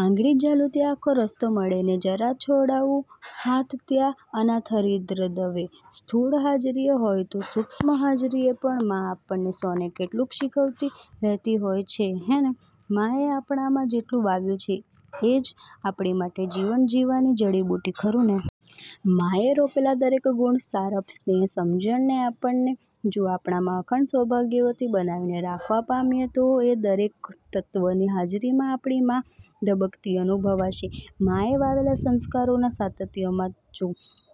આંગળી ઝાલું ત્યાં આખો રસ્તો મળે, ને.. જરા છોડાવું હાથ ત્યાં અનાથ હરીન્દ્ર દવે સ્થૂળ હાજરીએ હોય કે સૂક્ષ્મ હાજરીએ પણ 'મા' આપણને સૌને કેટકેટલું શીખવતી રહેતી હોય છે હેં ને? મા એ આપણામાં જેટલું વાવ્યું છે એ જ આપણી માટે જીવન જીવવાની જડીબુટ્ટી, ખરું ને! મા એ રોપેલા દરેક ગુણ, સારપ, સ્નેહ, સમજણને આપણે જો આપણામાં અખંડ સૌભાગ્યવતી બનાવીને રાખવા પામીએ તો એ દરેક તત્ત્વની હાજરીમાં આપણી ' મા' ધબકતી અનુભવાશે. માએ વાવેલા સંસ્કારોનાં સાતત્યમાં જો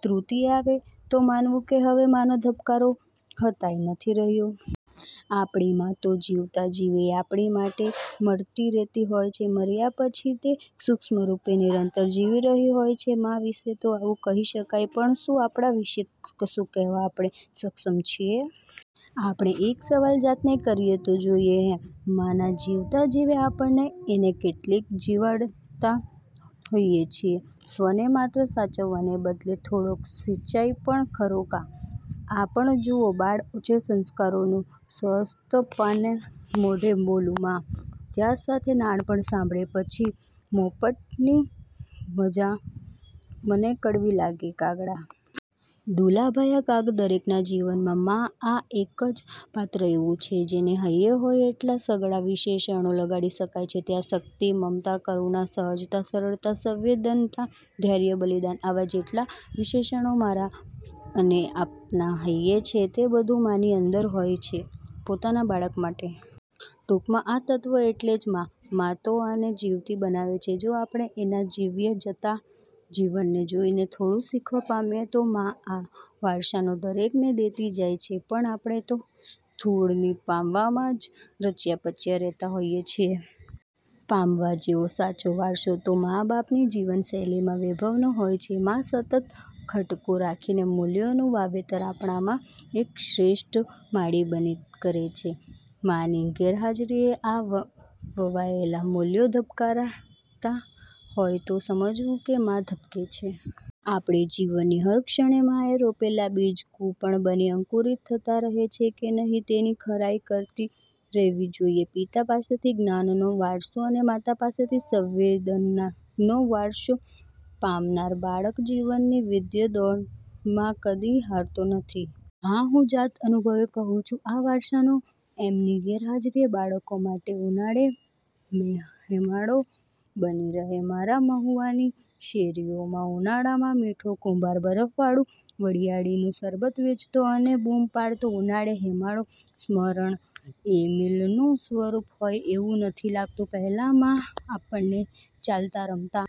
ત્રુટી આવે તો માનવું કે હવે માનો ધબકારો હતાય નથી રહ્યો. આપણી મા તો જીવતાં જીવેય આપણી માટે મરતી રે'તી હોય છે. મર્યા પછીય તે સૂક્ષ્મરૂપે નિરંતર જીવી રહી હોય છે. મા વિષે તો આવું કહી શકાય પણ શું આપણા વિષે કશું કહેવા આપણે સક્ષમ છીએ? આપણે એક સવાલ જાતને કરી તો જોઈએ. હેં! માના જીવતાં જીવે આપણે એને કેટલીક જીવાડતાં હોઈએ છીએ? સ્વને માત્ર સાચવવાને બદલે થોડોક સિંચાય પણ ખરો કાં! આ પણ જુઓ: બાળ ઉછેર: સંસ્કારોનું સ્વસ્તપાન મોઢે બોલું મા, ત્યાં સાથે નાનપણ સાંભરે, પછી મોપટની મજા, મને કડવી લાગે કાગડા! દુલા ભાયા કાગ દરેકનાં જીવનમાં 'મા'આ એક જ પાત્ર એવું છે જેને હૈયે હોય તેટલા સઘળાં વિશેષણો લગાડી શકાય છે. ત્યાગ, શક્તિ, મમતા, કરુણા, સહજતા, સરળતા, સંવેદના, ધૈર્ય, બલિદાન આવાં જેટલાં વિશેષણો મારા અને આપના હૈયે છે તે બધું માની અંદર હોય છે પોતાના બાળક માટે. ટૂંકમાં આ તત્ત્વો એટલે જ 'મા'. મા તો આને જીવતી બતાવે છે જો આપણે એનાં જીવ્યે જતાં જીવનને જોઈને થોડું શીખવા પામીએ તો! મા આ વારસો દરેકને દેતી જાય છે પણ આપણે તો સ્થૂળને પામવામાં જ રચ્યા-પચ્યા રે'તા હોઈએ છીએ. પામવા જેવો સાચો વારસો તો મા-બાપની જીવનશૈલીનાં વૈભવનો હોય છે. મા સતત ખટકો રાખીને મૂલ્યોનું વાવેતર આપણામાં એક શ્રેષ્ઠ માળી બની કરે છે. માની ગેરહાજરીએ આ વવાયેલા મૂલ્યો ધબકતા રે'તા હોય તો સમજવું કે મા ધબકે છે. આપણે જીવનની હર ક્ષણે માએ રોપેલા બીજ કુંપળ બની અંકુરિત થતા રહે છે કે નહી તેની ખરાઈ કરતી રહેવી જોઈએ. પિતા પાસેથી જ્ઞાનનો વારસો અને માતા પાસેથી સંવેદનાનો વારસો પામનાર બાળક જીવનની વિઘ્નદોડમાં કદી હારતો નથી. આ હું જાત અનુભવે કહું છું. આ વારસો એમની ગેરહાજરીએ બાળકો માટે 'ઉનાળે હેમા હેમાળો' બની રહે. મારા મહુવાની શેરીઓમાં ઉનાળામાં 'મીઠો કુંભાર' બરફવાળું વરિયાળીનું શરબત વેચતો અને બૂમ પાડતો..ઉનાળે હેમાળો.. સ્મરણ એ મિલનનું સ્વરૂપ હોય એવું નથી લાગતું? પહેલા મા આપણને ચાલતા, રમતા,